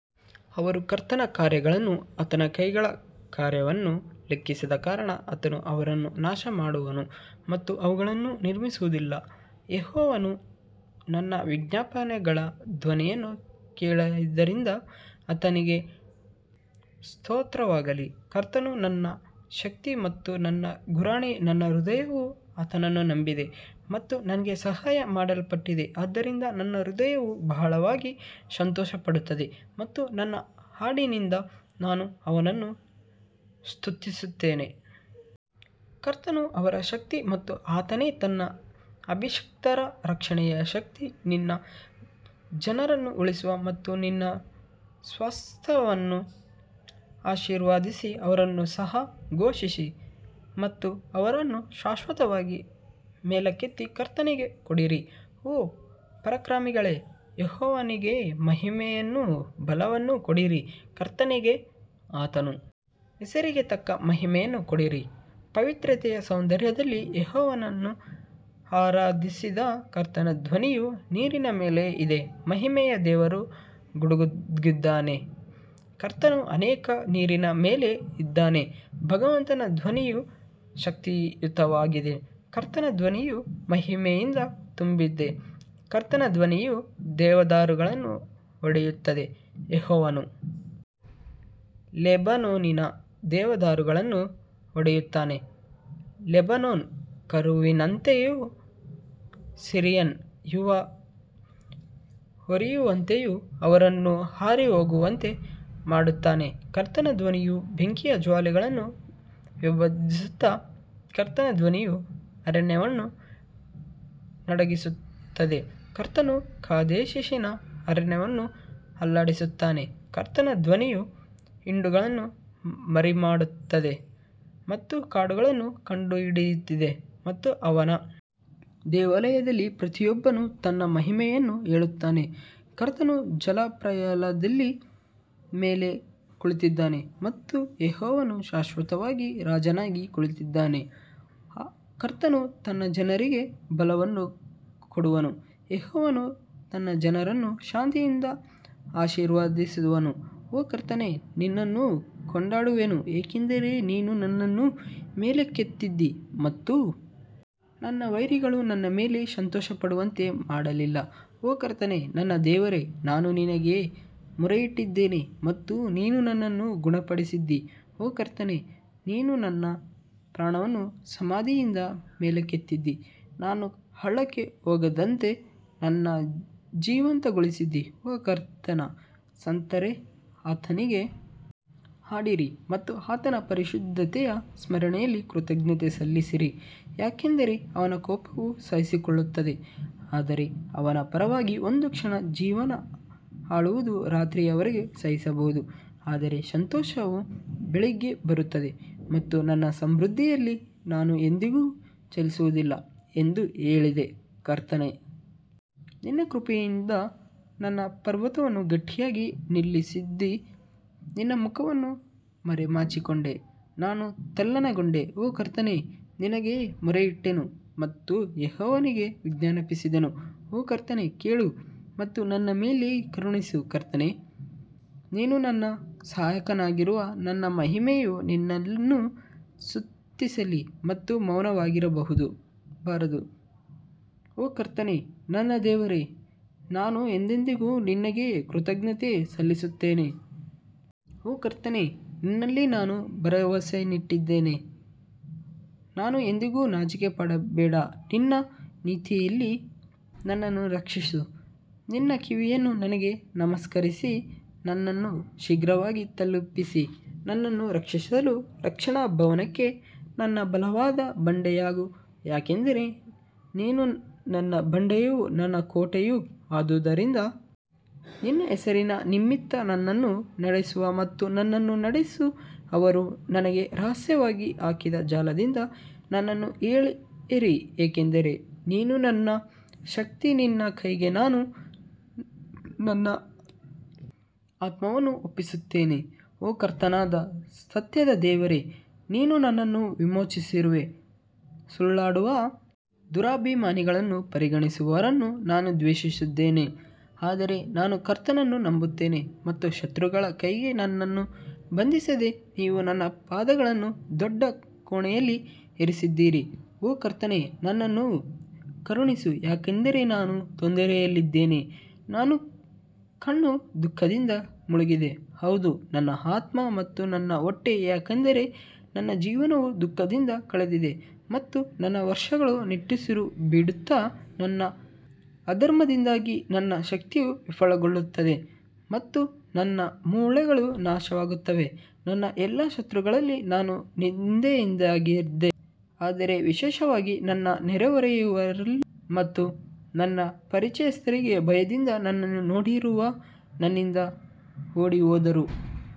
ಅವರು ಕರ್ತನ ಕಾರ್ಯಗಳನ್ನೂ ಆತನ ಕೈಗಳ ಕಾರ್ಯವನ್ನೂ ಲೆಕ್ಕಿಸದ ಕಾರಣ ಆತನು ಅವರನ್ನು ನಾಶಮಾಡುವನು ಮತ್ತು ಅವುಗಳನ್ನು ನಿರ್ಮಿಸುವುದಿಲ್ಲ ಯೆಹೋವನು ನನ್ನ ವಿಜ್ಞಾಪನೆಗಳ ಧ್ವನಿಯನ್ನು ಕೇಳಿದ್ದರಿಂದ ಆತನಿಗೆ ಸ್ತೋತ್ರವಾಗಲಿ ಕರ್ತನು ನನ್ನ ಶಕ್ತಿ ಮತ್ತು ನನ್ನ ಗುರಾಣಿ ನನ್ನ ಹೃದಯವು ಆತನನ್ನು ನಂಬಿದೆ ಮತ್ತು ನನಗೆ ಸಹಾಯ ಮಾಡಲ್ಪಟ್ಟಿದೆ ಆದ್ದರಿಂದ ನನ್ನ ಹೃದಯವು ಬಹಳವಾಗಿ ಸಂತೋಷಪಡುತ್ತದೆ ಮತ್ತು ನನ್ನ ಹಾಡಿನಿಂದ ನಾನು ಅವನನ್ನು ಸ್ತುತಿಸುತ್ತೇನೆ. ಕರ್ತನು ಅವರ ಶಕ್ತಿ ಮತ್ತು ಆತನೇ ತನ್ನ ಅಭಿಷಿಕ್ತರ ರಕ್ಷಣೆಯ ಶಕ್ತಿ ನಿನ್ನ ಜನರನ್ನು ಉಳಿಸಿ ಮತ್ತು ನಿನ್ನ ಸ್ವಾಸ್ತ್ಯವನ್ನು ಆಶೀರ್ವದಿಸಿ ಅವರನ್ನು ಸಹ ಪೋಷಿಸಿ ಮತ್ತು ಅವರನ್ನು ಶಾಶ್ವತವಾಗಿ ಮೇಲಕ್ಕೆತ್ತಿ ಕರ್ತನಿಗೆ ಕೊಡಿರಿ ಓ ಪರಾಕ್ರಮಿಗಳೇ ಯೆಹೋವನಿಗೆ ಮಹಿಮೆಯನ್ನೂ ಬಲವನ್ನೂ ಕೊಡಿರಿ ಕರ್ತನಿಗೆ ಆತನ ಹೆಸರಿಗೆ ತಕ್ಕ ಮಹಿಮೆಯನ್ನು ಕೊಡಿರಿ, ಪವಿತ್ರತೆಯ ಸೌಂದರ್ಯದಲ್ಲಿ ಯೆಹೋವನನ್ನು ಆರಾಧಿಸಿರಿ ಕರ್ತನ ಧ್ವನಿಯು ನೀರಿನ ಮೇಲೆ ಇದೆ ಮಹಿಮೆಯ ದೇವರು ಗುಡುಗುತ್ತಾನೆ ಕರ್ತನು ಅನೇಕ ನೀರಿನ ಮೇಲೆ ಇದ್ದಾನೆ ಭಗವಂತನ ಧ್ವನಿಯು ಶಕ್ತಿಯುತವಾಗಿದೆ ಕರ್ತನ ಧ್ವನಿಯು ಮಹಿಮೆಯಿಂದ ತುಂಬಿದೆ ಕರ್ತನ ಧ್ವನಿಯು ದೇವದಾರುಗಳನ್ನು ಒಡೆಯುತ್ತದೆ, ಯೆಹೋವನು ಲೆಬನೋನಿನ ದೇವದಾರುಗಳನ್ನು ಒಡೆಯುತ್ತಾನೆ ಲೆಬನೋನ್ ಕರುವಿನಂತೆಯೂ ಸಿರಿಯನ್ ಯುವ ಹೋರಿಯಂತೆಯೂ ಅವರನ್ನು ಹಾರಿಹೋಗುವಂತೆ ಮಾಡುತ್ತಾನೆ ಕರ್ತನ ಧ್ವನಿಯು ಬೆಂಕಿಯ ಜ್ವಾಲೆಗಳನ್ನು ವಿಭಜಿಸುತ್ತದೆ ಕರ್ತನ ಧ್ವನಿಯು ಅರಣ್ಯವನ್ನು ನಡುಗಿಸುತ್ತದೆ ಕರ್ತನು ಕಾದೇಶಿನ ಅರಣ್ಯವನ್ನು ಅಲ್ಲಾಡಿಸುತ್ತಾನೆ ಕರ್ತನ ಧ್ವನಿಯು ಹಿಂಡುಗಳನ್ನು ಮರಿಮಾಡುತ್ತದೆ ಮತ್ತು ಕಾಡುಗಳನ್ನು ಕಂಡುಹಿಡಿದಿದೆ ಮತ್ತು ಅವನ ದೇವಾಲಯದಲ್ಲಿ ಪ್ರತಿಯೊಬ್ಬನು ತನ್ನ ಮಹಿಮೆಯನ್ನು ಹೇಳುತ್ತಾನೆ ಕರ್ತನು ಜಲಪ್ರಳಯದ ಮೇಲೆ ಕುಳಿತಿದ್ದಾನೆ ಮತ್ತು ಯೆಹೋವನು ಶಾಶ್ವತವಾಗಿ ರಾಜನಾಗಿ ಕುಳಿತಿದ್ದಾನೆ ಕರ್ತನು ತನ್ನ ಜನರಿಗೆ ಬಲವನ್ನು ಕೊಡುವನು, ಯೆಹೋವನು ತನ್ನ ಜನರನ್ನು ಶಾಂತಿಯಿಂದ ಆಶೀರ್ವದಿಸುವನು ಓ ಕರ್ತನೇ ನಿನ್ನನ್ನು ಕೊಂಡಾಡುವೆನು ಏಕೆಂದರೆ ನೀನು ನನ್ನನ್ನು ಮೇಲಕ್ಕೆತ್ತಿದ್ದೀ ಮತ್ತು ನನ್ನ ವೈರಿಗಳು ನನ್ನ ಮೇಲೆ ಸಂತೋಷಪಡುವಂತೆ ಮಾಡಲಿಲ್ಲ ಓ ಕರ್ತನೇ ನನ್ನ ದೇವರೇ, ನಾನು ನಿನಗೆ ಮೊರೆಯಿಟ್ಟಿದ್ದೇನೆ ಮತ್ತು ನೀನು ನನ್ನನ್ನು ಗುಣಪಡಿಸಿದ್ದೀ ಓ ಕರ್ತನೇ, ನೀನು ನನ್ನ ಪ್ರಾಣವನ್ನು ಸಮಾಧಿಯಿಂದ ಮೇಲಕ್ಕೆತ್ತಿದ್ದೀ, ನಾನು ಹಳ್ಳಕ್ಕೆ ಹೋಗದಂತೆ ನನ್ನನ್ನು ಜೀವಂತಗೊಳಿಸಿದ್ದೀ ಓ ಕರ್ತನ ಸಂತರೇ ಆತನಿಗೆ ಹಾಡಿರಿ ಮತ್ತು ಆತನ ಪರಿಶುದ್ಧತೆಯ ಸ್ಮರಣೆಯಲ್ಲಿ ಕೃತಜ್ಞತೆ ಸಲ್ಲಿಸಿರಿ ಯಾಕಂದರೆ ಅವನ ಕೋಪವು ಸಹಿಸಿಕೊಳ್ಳುತ್ತದೆ ಆದರೆ ಅವನ ಪರವಾಗಿ ಒಂದು ಕ್ಷಣ ಜೀವನ ಅಳುವುದು ರಾತ್ರಿಯವರೆಗೆ ಸಹಿಸಬಹುದು ಆದರೆ ಸಂತೋಷವು ಬೆಳಿಗ್ಗೆ ಬರುತ್ತದೆ ಮತ್ತು ನನ್ನ ಸಮೃದ್ಧಿಯಲ್ಲಿ ನಾನು ಎಂದಿಗೂ ಚಲಿಸುವುದಿಲ್ಲ ಎಂದು ಹೇಳಿದೆ ಕರ್ತನೇ ನಿನ್ನ ಕೃಪೆಯಿಂದ ನನ್ನ ಪರ್ವತವನ್ನು ಗಟ್ಟಿಯಾಗಿ ನಿಲ್ಲಿಸಿದ್ದೀ ನಿನ್ನ ಮುಖವನ್ನು ಮರೆಮಾಚಿಕೊಂಡೆ ನಾನು ತಲ್ಲಣಗೊಂಡೆ ಓ ಕರ್ತನೇ ನಿನಗೆ ಮೊರೆಯಿಟ್ಟೆನು ಮತ್ತು ಯೆಹೋವನಿಗೆ ವಿಜ್ಞಾಪಿಸಿದೆನು ಓ ಕರ್ತನೇ ಕೇಳು ಮತ್ತು ನನ್ನ ಮೇಲೆ ಕರುಣಿಸು ಕರ್ತನೇ ನೀನು ನನ್ನ ಸಹಾಯಕನಾಗಿರು ನನ್ನ ಮಹಿಮೆಯು ನಿನ್ನನ್ನು ಸ್ತುತಿಸಲಿ ಮತ್ತು ಮೌನವಾಗಿರಬಾರದು, ಓ ಕರ್ತನೇ ನನ್ನ ದೇವರೇ, ನಾನು ಎಂದೆಂದಿಗೂ ನಿನಗೆ ಕೃತಜ್ಞತೆ ಸಲ್ಲಿಸುತ್ತೇನೆ. ಓ ಕರ್ತನೇ ನಿನ್ನಲ್ಲಿ ನಾನು ಭರವಸವಿಟ್ಟಿದ್ದೇನೆ ನಾನು ಎಂದಿಗೂ ನಾಚಿಕೆಪಡಬೇಡ ನಿನ್ನ ನೀತಿಯಲ್ಲಿ ನನ್ನನ್ನು ರಕ್ಷಿಸು ನಿನ್ನ ಕಿವಿಯನ್ನು ನನಗೆ ನಮಸ್ಕರಿಸಿ ನನ್ನನ್ನು ಶೀಘ್ರವಾಗಿ ತಲುಪಿಸಿ ನನ್ನನ್ನು ರಕ್ಷಿಸಲು ರಕ್ಷಣಾ ಭವನಕ್ಕೆ ನನ್ನ ಬಲವಾದ ಬಂಡೆಯಾಗು ಯಾಕಂದರೆ ನೀನು ನನ್ನ ಬಂಡೆಯೂ ನನ್ನ ಕೋಟೆಯೂ ಆದುದರಿಂದ ನಿನ್ನ ಹೆಸರಿನ ನಿಮಿತ್ತ ನನ್ನನ್ನು ನಡೆಸು ಮತ್ತು ನನ್ನನ್ನು ನಡೆಸು ಅವರು ನನಗೆ ರಹಸ್ಯವಾಗಿ ಹಾಕಿದ ಜಾಲದಿಂದ ನನ್ನನ್ನು ಎಳೆಯಿರಿ ಏಕೆಂದರೆ ನೀನು ನನ್ನ ಶಕ್ತಿ ನಿನ್ನ ಕೈಗೆ ನಾನು ನನ್ನ ಆತ್ಮವನ್ನು ಒಪ್ಪಿಸುತ್ತೇನೆ, ಓ ಕರ್ತನಾದ ಸತ್ಯದ ದೇವರೇ, ನೀನು ನನ್ನನ್ನು ವಿಮೋಚಿಸಿರುವೆ ಸುಳ್ಳಾಡುವ ದುರಭಿಮಾನಗಳನ್ನು ಪರಿಗಣಿಸುವವರನ್ನು ನಾನು ದ್ವೇಷಿಸಿದ್ದೇನೆ ಆದರೆ ನಾನು ಕರ್ತನನ್ನು ನಂಬುತ್ತೇನೆ ಮತ್ತು ಶತ್ರುಗಳ ಕೈಗೆ ನನ್ನನ್ನು ಬಂಧಿಸದೆ ನೀವು ನನ್ನ ಪಾದಗಳನ್ನು ದೊಡ್ಡ ಕೋಣೆಯಲ್ಲಿ ಇರಿಸಿದ್ದೀರಿ ಓ ಕರ್ತನೇ ನನ್ನನ್ನು ಕರುಣಿಸು ಯಾಕಂದರೆ ನಾನು ತೊಂದರೆಯಲ್ಲಿದ್ದೇನೆ ನನ್ನ ಕಣ್ಣು ದುಃಖದಿಂದ ಮುಳುಗಿದೆ ಹೌದು ನನ್ನ ಆತ್ಮ ಮತ್ತು ನನ್ನ ಹೊಟ್ಟೆ ಯಾಕಂದರೆ ನನ್ನ ಜೀವನವು ದುಃಖದಿಂದ ಕಳೆದಿದೆ ಮತ್ತು ನನ್ನ ವರ್ಷಗಳು ನಿಟ್ಟುಸಿರು ಬಿಡುತ್ತಾ ನನ್ನ ಅಧರ್ಮದಿಂದಾಗಿ ನನ್ನ ಶಕ್ತಿಯು ವಿಫಲಗೊಳ್ಳುತ್ತದೆ ಮತ್ತು ನನ್ನ ಮೂಳೆಗಳು ನಾಶವಾಗುತ್ತವೆ ನನ್ನ ಎಲ್ಲಾ ಶತ್ರುಗಳಲ್ಲಿ ನಾನು ನಿಂದೆಯಾಗಿದ್ದೆ ಆದರೆ ವಿಶೇಷವಾಗಿ ನನ್ನ ನೆರೆಹೊರೆಯವರಲ್ಲಿ ಮತ್ತು ನನ್ನ ಪರಿಚಯಸ್ಥರಿಗೆ ಭಯದಿಂದ ನನ್ನನ್ನು ನೋಡಿದವರು ನನ್ನಿಂದ ಓಡಿಹೋದರು.